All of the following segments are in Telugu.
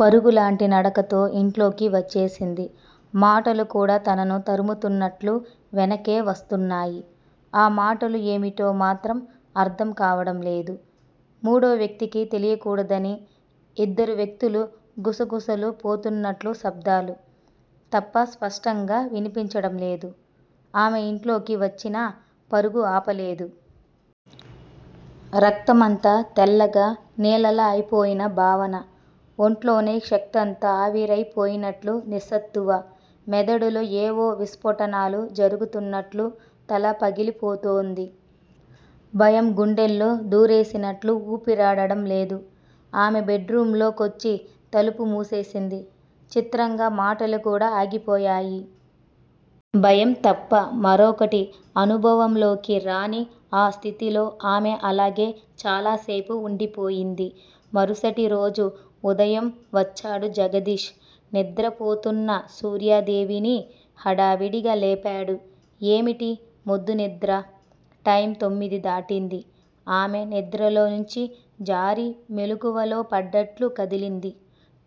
పరుగులాంటి నడకతో ఇంట్లోకి వచ్చేసింది. మాటలు కూడా తనను తరుముతున్నట్లు వెనకే వస్తున్నాయి. ఆ మాటలు ఏమిటో మాత్రం అర్ధం కావడం లేదు. మూడో వ్యక్తికి తెలియకూడదని ఇద్దరు వ్యక్తులు గుసగుసలు పోతున్నట్లు శబ్ధాలు తప్ప స్పష్టంగా వినిపించడం లేదు. ఆమె ఇంట్లోకి వచ్చినా పరుగు ఆపలేదు. రక్తం అంతా తెల్లగా నీళ్ళలా అయిపోయిన భావన. ఒంట్లోని శక్తంతా ఆవిరయి పోయినట్లు నిస్సత్తువ. మెదడులో యేవో విస్ఫోటనాలు జరుగుతున్నట్లు తల పగిలిపోతోంది. భయం గుండెల్లో దూరేసినట్లు ఊపిరాడడం లేదు. ఆమె బెడ్ రూమ్ లో కొచ్చి తలుపు మూసేసింది. చిత్రంగా మాటలు కూడా ఆగిపోయాయి. భయంతప్ప మరొకటి అనుభవంలోకి రాని ఆ స్థితిలో ఆమె అలాగే చాలాసేపు వుండిపోయింది. మరుసటిరోజు ఉదయం వచ్చాడు జగదీష్. నిద్రపోతున్న సూర్యాదేవిని హడావుడిగా లేపాడు. ఏమిటీ మొద్దునిద్ర? టైమ్ తొమ్మిది దాటింది ఆమె నిద్రలోంచి జారి మెలకువలో పడ్డట్లు కదిలింది.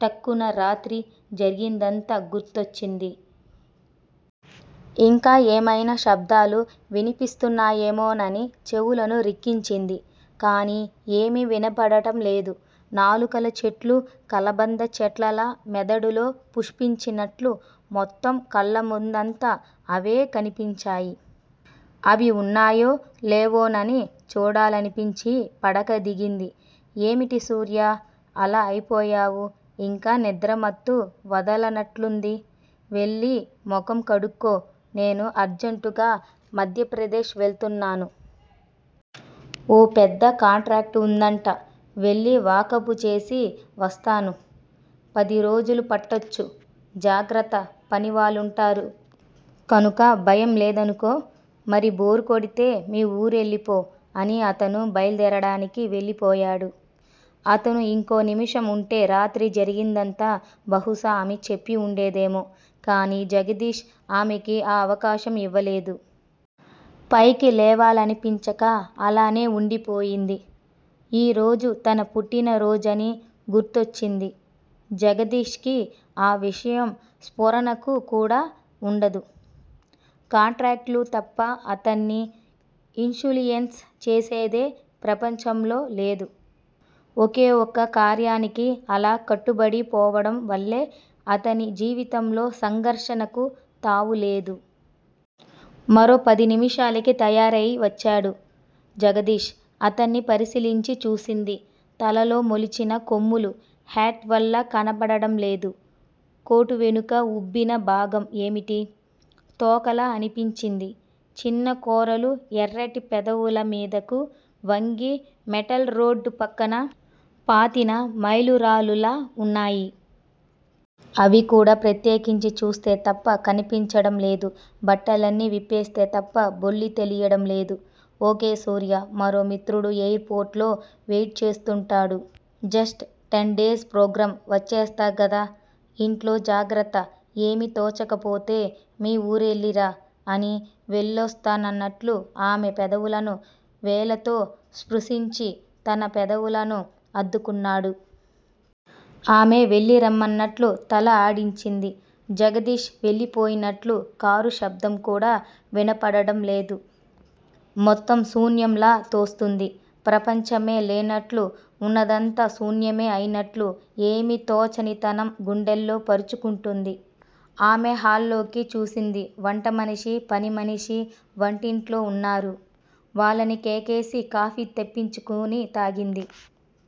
ఠక్కున రాత్రి జరిగినదంతా గుర్తొచ్చింది. ఇంకా ఏమయినా శబ్ధాలు వినిపిస్తున్నాయేమోనని చెవులను రిక్కించింది. కానీ ఏమీ వినబడటంలేదు. నాలుకల చెట్లు కలబంద చెట్లలా మెదడులో పుష్పించినట్లు మొత్తం కళ్ళముందంతా అవే కనిపించాయి. అవి వున్నాయో లేవోనని చూడాలనిపించి పడక దిగింది. ఏమిటి సూర్యా! అలా అయిపోయావు? ఇంకా నిద్రమత్తు వదలనట్లుంది. వెళ్ళి ముఖం కడుక్కో నేను అర్జంటుగా మధ్యప్రదేశ్ వెళుతున్నాను. ఓ పెద్ద కాంట్రాక్టు వుందట. వెళ్ళి వాకబుచేసి వస్తాను. పదిరోజులు పట్టచ్చు. జాగ్రత్త పనివాళ్ళుంటారు. కనుక భయం లేదనుకో. మరీ బోర్ కొడితే మీ ఊరెళ్ళిపో అని అతను బయల్దేరడానికి వెళ్ళిపోయాడు. అతను ఇంకో నిముషం వుంటే రాత్రి జరిగినదంతా బహుశా ఆమె చెప్పి వుండేదేమో కానీ జగదీష్ ఆమెకి ఆ అవకాశం ఇవ్వలేదు. పైకి లేవాలనిపించక అలానే వుండిపోయింది. ఈరోజు తన పుట్టిన రోజని గుర్తిచ్చింది. జగదీష్ కి ఆ విషయం స్ఫురణకు కూడా వుండదు. కాంట్రాక్టులు తప్ప అతన్ని ఇన్సులియన్స్ చేసేదేదీ ప్రపంచంలో లేదు. ఒకే ఒక్క కార్యానికి అలా కట్టుబడి పోవడం వల్లే అతని జీవితంలో సంఘర్షణకు తావులేదు. మరో పదినిముషాలకి తయారై వచ్చాడు జగదీష్. అతన్ని పరిశీలించి చూసింది. తలలో మొలిచిన కొమ్ములు హ్యాట్ వల్ల కనబడడంలేదు. కోటు వెనుక ఉబ్భిన భాగం ఏమిటి? తోకలా అనిపించింది. చిన్న కోరలు ఎర్రటి పెదవుల మీదకు వంగి మెటల్ రోడ్డు పక్కన పాతిన మైలురాళ్ళలా వున్నాయి. అవి కూడా ప్రత్యేకించి చూస్తే తప్ప కనిపించడం లేదు. బట్టలన్నీ విప్పేస్తే తప్ప బొల్లి తెలియడం లేదు. ఓకే సూర్యా! మరో మిత్రుడు ఎయిర్ పోర్ట్ లో వెయిట్ చేస్తుంటాడు. జస్ట్ టెన్ డేస్ ప్రోగ్రామ్ వచ్చేస్తా గదా ఇంట్లో జాగ్రత్త ఏమీ తోచకపోతే మీ ఊరెళ్ళిరా అని వెళ్ళొస్తానన్నట్లు ఆమె పెదవులను వేళ్ళతో స్ప్రుశించి తన పెదవులను అద్దుకున్నాడు. ఆమె వెళ్ళిరమ్మన్నట్లు తల ఆడించింది. జగదీష్ వెళ్ళిపోయినట్లు కారు శబ్దం కూడా వినబడటం లేదు. మొత్తం శూన్యంలా తోస్తోంది. ప్రపంచమే లేనట్లు, వున్నదంతా శూన్యమే అయినట్లు ఏమీ తోచనితనం గుండెల్లో పరుచుకుంటోంది. ఆమె హాల్లోకి చూసింది. వంట మనిషి, పనిమనిషీ వంటింట్లో వున్నారు. వాళ్ళని కేకేసి కాఫీ తెప్పించుకుని తాగింది.